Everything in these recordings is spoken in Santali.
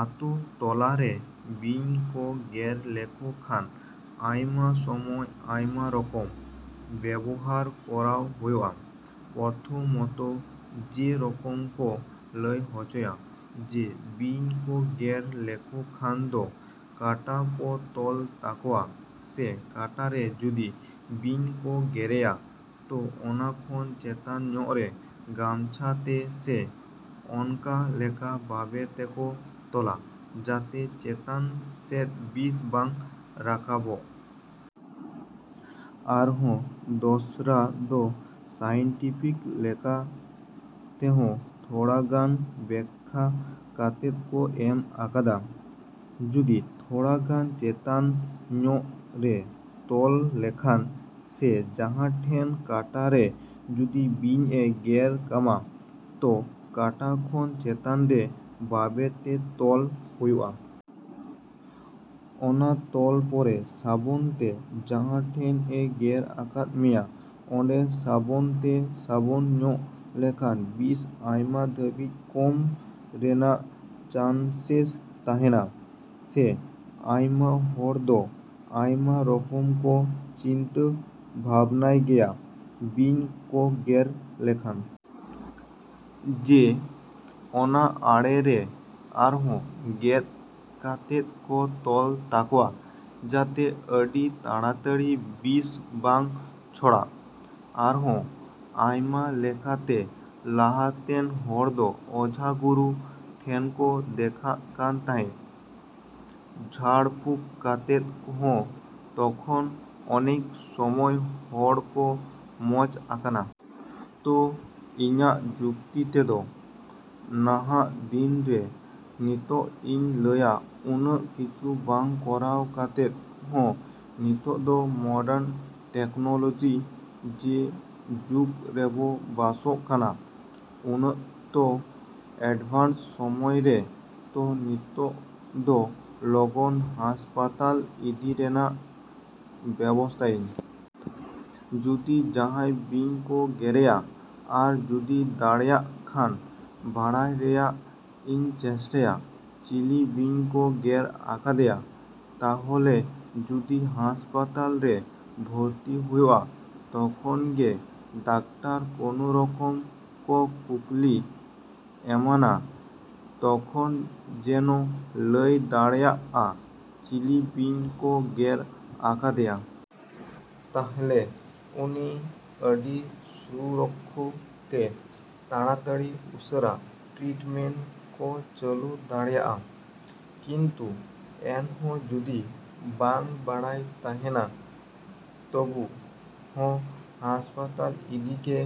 ‎ᱟᱹᱛᱩ ᱴᱚᱞᱟ ᱨᱮ ᱵᱤᱧ ᱠᱚ ᱜᱮᱨ ᱞᱮᱠᱚ ᱠᱷᱟᱱ ᱟᱭᱢᱟ ᱥᱚᱢᱚᱭ ᱟᱭᱢᱟ ᱨᱚᱠᱚᱢ ᱵᱮᱵᱚᱦᱟᱨ ᱠᱚᱨᱟᱣ ᱦᱩᱭᱩᱜᱼᱟ᱾ ᱯᱨᱚᱛᱷᱚᱢᱚᱛᱚ ᱡᱮ ᱨᱚᱠᱚᱢ ᱠᱚ ᱞᱟᱹᱭ ᱦᱚᱪᱚᱭᱟ ᱡᱮ ᱵᱤᱧ ᱠᱚ ᱜᱮᱨ ᱞᱮᱠᱚ ᱠᱷᱟᱱ ᱫᱚ ᱠᱟᱴᱟ ᱠᱚ ᱛᱚᱞ ᱛᱟᱠᱚᱣᱟ ᱥᱮ ᱠᱟᱴᱟ ᱨᱮ ᱡᱩᱫᱤ ᱵᱤᱧ ᱠᱚ ᱜᱮᱨᱮᱭᱟ ᱛᱚ ᱚᱱᱟ ᱠᱷᱚᱱ ᱪᱮᱛᱟᱱ ᱧᱚᱜ ᱨᱮ ᱜᱟᱢᱪᱷᱟ ᱛᱮ ᱥᱮ ᱚᱱᱠᱟ ᱞᱮᱠᱟ ᱵᱟᱵᱮᱨ ᱛᱮᱠᱚ ᱛᱚᱞᱟ ᱡᱟᱛᱮ ᱪᱮᱛᱟᱱ ᱥᱮᱫ ᱵᱤᱥ ᱵᱟᱝ ᱨᱟᱠᱟᱵᱚᱜ᱾ ᱟᱨᱦᱚᱸ ᱫᱚᱥᱨᱟ ᱫᱚ ᱥᱟᱭᱮᱱᱴᱤᱯᱷᱤᱠ ᱞᱮᱠᱟ ᱛᱮᱦᱚᱸ ᱛᱷᱚᱲᱟ ᱜᱟᱱ ᱵᱮᱠᱠᱷᱟ ᱠᱟᱛᱮᱫ ᱠᱚ ᱮᱢ ᱟᱠᱟᱫᱟ᱾ ᱡᱩᱫᱤ ᱛᱷᱚᱲᱟ ᱜᱟᱱ ᱪᱮᱛᱟᱱ ᱧᱚᱜ ᱨᱮ ᱛᱚᱞ ᱞᱮᱠᱷᱟᱱ ᱥᱮ ᱡᱟᱦᱟᱸ ᱴᱷᱮᱱ ᱠᱟᱴᱟ ᱨᱮ ᱡᱩᱫᱤ ᱵᱤᱧ ᱮ ᱜᱮᱨ ᱠᱟᱢᱟ ᱛᱚ ᱠᱟᱴᱟ ᱠᱷᱚᱱ ᱪᱮᱛᱟᱱ ᱨᱮ ᱵᱟᱵᱮᱨ ᱛᱮ ᱛᱚᱞ ᱦᱩᱭᱩᱜᱼᱟ᱾ ᱚᱱᱟ ᱛᱚᱞ ᱯᱚᱨᱮ ᱥᱟᱵᱚᱱ ᱛᱮ ᱡᱟᱦᱟᱸ ᱴᱷᱮᱱ ᱮ ᱜᱮᱨ ᱟᱠᱟᱫ ᱢᱮᱭᱟ ᱚᱸᱰᱮ ᱥᱟᱵᱚᱱ ᱛᱮ ᱥᱟᱵᱚᱱ ᱧᱚᱜ ᱞᱮᱠᱷᱟᱱ ᱵᱤᱥ ᱟᱭᱢᱟ ᱫᱷᱟᱵᱤᱡ ᱠᱚᱢ ᱨᱮᱱᱟᱜ ᱪᱟᱱᱥᱮᱥ ᱛᱟᱦᱮᱸᱱᱟ᱾ ᱥᱮ ᱟᱭᱢᱟ ᱦᱚᱲ ᱫᱚ ᱟᱭᱢᱟ ᱨᱚᱠᱚᱢ ᱠᱚ ᱪᱤᱱᱛᱟᱹ ᱵᱷᱟᱵᱽᱱᱟᱭ ᱜᱮᱭᱟ ᱵᱤᱧ ᱠᱚ ᱜᱮᱨ ᱞᱮᱠᱷᱟᱱ᱾ ᱡᱮ ᱚᱱᱟ ᱟᱲᱮ ᱨᱮ ᱟᱨᱦᱚᱸ ᱜᱮᱫ ᱠᱟᱛᱮᱫ ᱠᱚ ᱛᱚᱞ ᱛᱟᱠᱚᱣᱟ ᱡᱟᱛᱮ ᱟᱹᱰᱤ ᱛᱟᱲᱟᱛᱟᱹᱲᱤ ᱵᱤᱥ ᱵᱟᱝ ᱪᱷᱚᱲᱟᱜ᱾ ᱟᱨᱦᱚᱸ ᱟᱭᱢᱟ ᱞᱮᱠᱟ ᱛᱮ ᱞᱟᱦᱟ ᱛᱮᱱ ᱦᱚᱲ ᱫᱚ ᱚᱡᱷᱟ ᱜᱩᱨᱩ ᱴᱷᱮᱱ ᱠᱚ ᱫᱮᱠᱷᱟᱜ ᱠᱟᱱ ᱛᱟᱦᱮᱸ ᱡᱷᱟᱲ ᱯᱷᱩᱠ ᱠᱟᱛᱮᱫ ᱦᱚᱸ, ᱛᱚᱠᱷᱚᱱ ᱚᱱᱮᱠ ᱥᱚᱢᱚᱭ ᱦᱚᱲ ᱠᱚ ᱢᱚᱡᱽ ᱟᱠᱟᱱᱟ᱾ ᱛᱚ ᱤᱧᱟᱹᱜ ᱡᱩᱠᱛᱤ ᱛᱮᱫᱚ ᱱᱟᱦᱟᱜ ᱫᱤᱱ ᱨᱮ ᱱᱤᱛᱚᱜ ᱤᱧ ᱞᱟᱹᱭᱟ ᱩᱱᱟᱹᱜ ᱠᱤᱪᱷᱩ ᱵᱟᱝ ᱠᱚᱨᱟᱣ ᱠᱟᱛᱮᱫ ᱦᱚᱸ ᱱᱤᱛᱚᱜ ᱫᱚ ᱢᱚᱰᱟᱨᱱ ᱴᱮᱠᱱᱚᱞᱚᱡᱤ ᱡᱮ ᱡᱩᱜᱽ ᱨᱮᱵᱚ ᱵᱟᱥᱚᱜ ᱠᱟᱱᱟ᱾ ᱩᱱᱟᱹᱜ ᱛᱚ ᱮᱰᱵᱷᱟᱱᱥ ᱥᱚᱢᱚᱭ ᱨᱮ ᱛᱚ ᱱᱤᱛᱚᱜ ᱫᱚ ᱞᱚᱜᱚᱱ ᱦᱟᱸᱥᱯᱟᱛᱟᱞ ᱤᱫᱤ ᱨᱮᱱᱟᱜ ᱵᱮᱵᱚᱥᱛᱟᱭᱟᱹᱧ᱾ ᱡᱩᱫᱤ ᱡᱟᱦᱟᱸᱭ ᱵᱤᱧ ᱠᱚ ᱜᱮᱨᱮᱭᱟ ᱟᱨ ᱡᱩᱫᱤ ᱫᱟᱲᱮᱭᱟᱜ ᱠᱷᱟᱱ, ᱵᱟᱲᱟᱭ ᱨᱮᱱᱟᱜ ᱤᱧ ᱪᱮᱥᱴᱟᱭᱟ ᱪᱤᱞᱤ ᱵᱤᱧ ᱠᱚ ᱜᱮᱨ ᱟᱠᱟᱫᱮᱭᱟ ᱛᱟᱦᱚᱞᱮ ᱡᱩᱫᱤ ᱦᱟᱸᱥᱯᱟᱛᱟᱞ ᱨᱮ ᱵᱷᱚᱨᱛᱤ ᱦᱩᱭᱩᱜᱼᱟ ᱛᱚᱠᱷᱚᱱ ᱜᱮ ᱰᱟᱠᱛᱟᱨ ᱠᱚᱱᱚ ᱨᱚᱠᱚᱢ ᱠᱚ ᱠᱩᱠᱞᱤ ᱮᱢᱟᱱᱟ᱾ ᱛᱚᱠᱷᱚᱱ ᱡᱮᱱᱚ ᱞᱟᱹᱭ ᱫᱟᱲᱮᱭᱟᱜᱼᱟ, ᱪᱤᱞᱤ ᱵᱤᱧ ᱠᱚ ᱜᱮᱨ ᱟᱠᱟᱫᱮᱭᱟ᱾ ᱛᱟᱦᱞᱮ ᱩᱱᱤ ᱟᱹᱰᱤ ᱥᱩᱨᱚᱠᱠᱷᱟ ᱛᱮ ᱛᱟᱲᱟ ᱛᱟᱹᱲᱤ ᱩᱥᱟᱹᱨᱟ ᱴᱨᱤᱴᱢᱮᱱᱴ ᱠᱚ ᱪᱟᱞᱩ ᱫᱟᱲᱮᱭᱟᱜᱼᱟ᱾ ᱠᱤᱱᱛᱩ ᱮᱱ ᱦᱚᱸ ᱡᱩᱫᱤ ᱵᱟᱝ ᱵᱟᱲᱟᱭ ᱛᱟᱦᱮᱸᱱᱟ ᱛᱚᱵᱩ ᱦᱚᱸ ᱦᱟᱸᱥᱯᱟᱛᱟᱞ ᱤᱫᱤ ᱜᱮ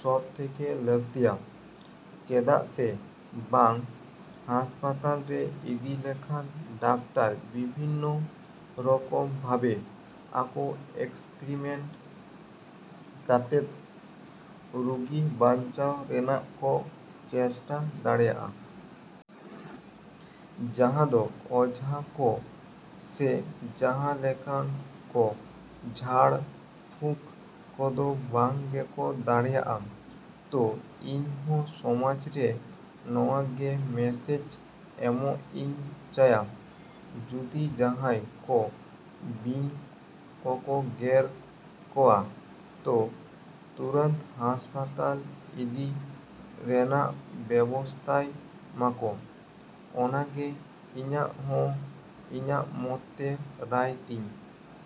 ᱥᱚᱵᱽ ᱛᱷᱮᱠᱮ ᱞᱟ.ᱠᱛᱤᱭᱟ᱾ ᱪᱮᱫᱟᱜ ᱥᱮ ᱵᱟᱝ ᱦᱟᱸᱥᱯᱟᱛᱟᱞ ᱨᱮ ᱤᱫᱤ ᱞᱮᱠᱷᱟᱱ ᱰᱟᱠᱛᱟᱨ ᱵᱤᱵᱷᱤᱱᱱᱚ ᱨᱚᱠᱚᱢ ᱵᱷᱟᱵᱮ ᱟᱠᱚ ᱮᱠᱥᱯᱮᱨᱤᱢᱮᱱᱴ ᱠᱟᱛᱮᱫ ᱨᱩᱜᱤ ᱵᱟᱧᱪᱟᱣ ᱨᱮᱱᱟᱜ ᱠᱚ ᱪᱮᱥᱴᱟ ᱫᱟᱲᱮᱭᱟᱜᱼᱟ᱾ ᱡᱟᱦᱟᱸ ᱫᱚ ᱚᱡᱷᱟ ᱠᱚ ᱥᱮ ᱡᱟᱦᱟᱸ ᱞᱮᱠᱟᱱ ᱠᱚ ᱡᱷᱟᱲ ᱯᱷᱩᱠ ᱠᱚᱫᱚ ᱵᱟᱝ ᱜᱮᱠᱚ ᱫᱟᱲᱮᱭᱟᱜᱼᱟ᱾ ᱛᱚ ᱤᱧ ᱦᱚᱸ ᱥᱚᱢᱟᱡᱽ ᱨᱮ ᱱᱚᱣᱟ ᱜᱮ ᱢᱮᱥᱮᱡᱽ ᱮᱢᱚᱜ ᱤᱧ ᱪᱟᱹᱭᱟ᱾ ᱡᱩᱫᱤ ᱡᱟᱦᱟᱸᱭ ᱠᱚ ᱵᱤᱧ ᱠᱚᱠᱚ ᱜᱮᱨ ᱠᱚᱣᱟ ᱛᱚ ᱛᱩᱨᱟᱹᱱᱛ ᱦᱟᱸᱥᱯᱟᱛᱟᱞ ᱤᱫᱤ ᱨᱮᱱᱟᱜ ᱵᱮᱵᱚᱥᱛᱟᱭ ᱢᱟᱠᱚ ᱚᱱᱟ ᱜᱮ ᱤᱧᱟᱹᱜ ᱦᱚᱸ ᱤᱧᱟᱹᱜ ᱢᱚᱛ ᱛᱮ ᱨᱟᱭ ᱛᱤᱧ।